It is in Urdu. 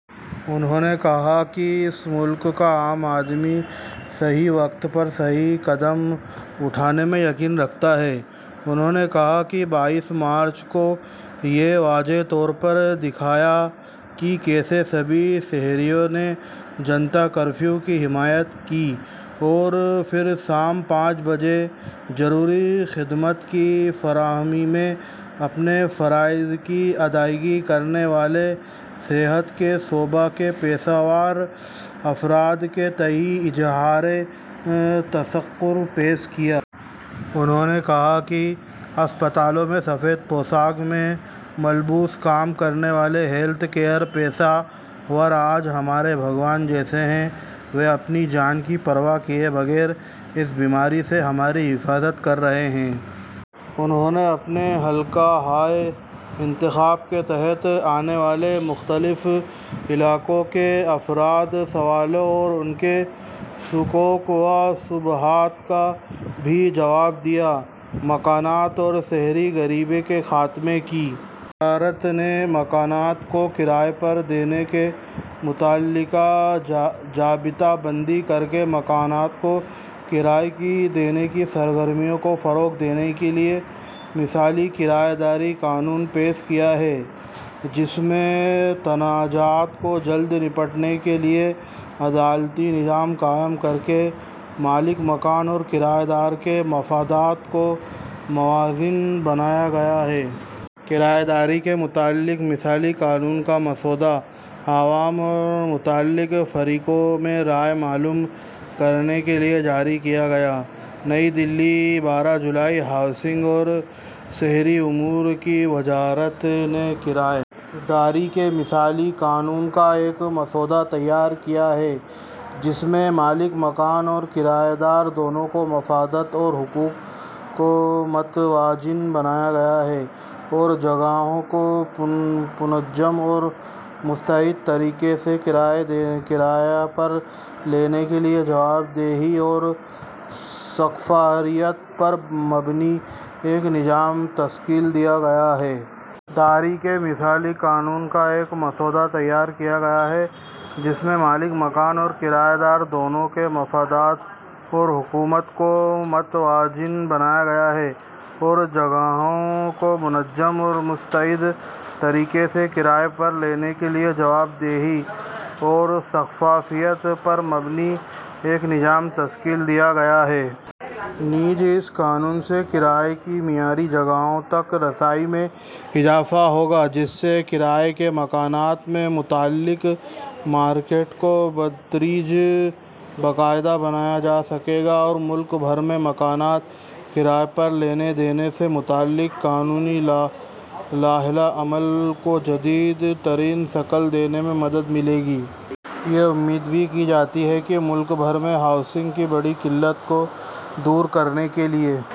انہوں نے کہا کہ اس ملک کا عام آدمی صحیح وقت پر صحیح قدم اٹھانے میں یقین رکھتا ہے۔ انہوں نے کہا کہ بائیس مارچ کو یہ واضح طور پر دکھائی دیا کہ کیسے سبھی شہریوں نے جنتا کرفیو کی حمایت کی اور پھر شام پانچ بجے ضروری خدمات کی فراہمی میں اپنے فرائض کی ادائیگی کرنے والے صحت کے شعبے کے پیشہ ور افراد کے تئیں اظہار تشکر پیش کیا۔ انہوں نے کہا کہ ہسپتالوں میں سفید پوشاک میں ملبوس کام کرنے والے ہیلتھ کیئر پیشہ ور آج ہمارے بھگوان جیسے ہیں۔ وہ اپنی جان کی پرواہ کیے بغیر اس بیماری سے ہماری حفاظت کر رہے ہیں۔ انہوں نے اپنے حلقہ ہائے انتخاب کے تحت آنے والے مختلف علاقوں کے افراد کے سوالوں اور ان کے شکوک و شبہات کا بھی جواب دیا۔ مکانات اور شہری غریبی کے خاتمے کی وزارت نے مکانات کو کرائے پر دینے سے متعلق ضابطہ بندی کرکے مکانات کو کرائے پر دینے کی سرگرمی کو فروغ دینے کے لیے مثالی کرائے داری قانون پیش کیا ہے، جس میں تنازعات کو جلد نمٹانے کے لیے عدالتی نظام قائم کرکے مالک مکان اور کرائے دار کے مفادات کو متوازن بنایا گیا ہے۔ کرائے داری سے متعلق مثالی قانون کا مسودہ عوام اور متعلقہ فریقوں سے رائے معلوم کرنے کے لیے جاری کیا گیا۔ نئی دہلی، بارہ جولائی۔ ہاؤسنگ اور شہری امور کی وزارت نے کرائے داری کے مثالی قانون کا ایک مسودہ تیار کیا ہے، جس میں مالک مکان اور کرائے دار دونوں کے مفادات اور حقوق کو متوازن بنایا گیا ہے اور جگہوں کو منظم اور مستعد طریقے سے کرائے پر لینے دینے کے لیے جواب دہی اور شفافیت پر مبنی ایک نظام تشکیل دیا گیا ہے۔ اس سے سماج کے مختلف آمدنی والے طبقوں کے لیے کرائے کے مکانات کے مواقع فراہم ہوں گے، جن میں تارکین وطن، باقاعدہ اور غیر منظم شعبے کے کارکن، پیشہ ور افراد اور طلبا وغیرہ بھی شامل ہیں۔ نیز، اس قانون سے کرائے کی معیاری جگہوں تک رسائی میں اضافہ ہوگا، جس سے کرائے کے مکانات سے متعلق مارکیٹ کو بتدریج باقاعدہ بنایا جا سکے گا اور ملک بھر میں مکانات کرائے پر لینے دینے سے متعلق قانونی لائحہ عمل کو جدید ترین شکل دینے میں مدد ملے گی۔ یہ امید بھی کی جاتی ہے کہ ملک بھر میں ہاؤسنگ کی بڑی قلت کو دور کرنے کے لیے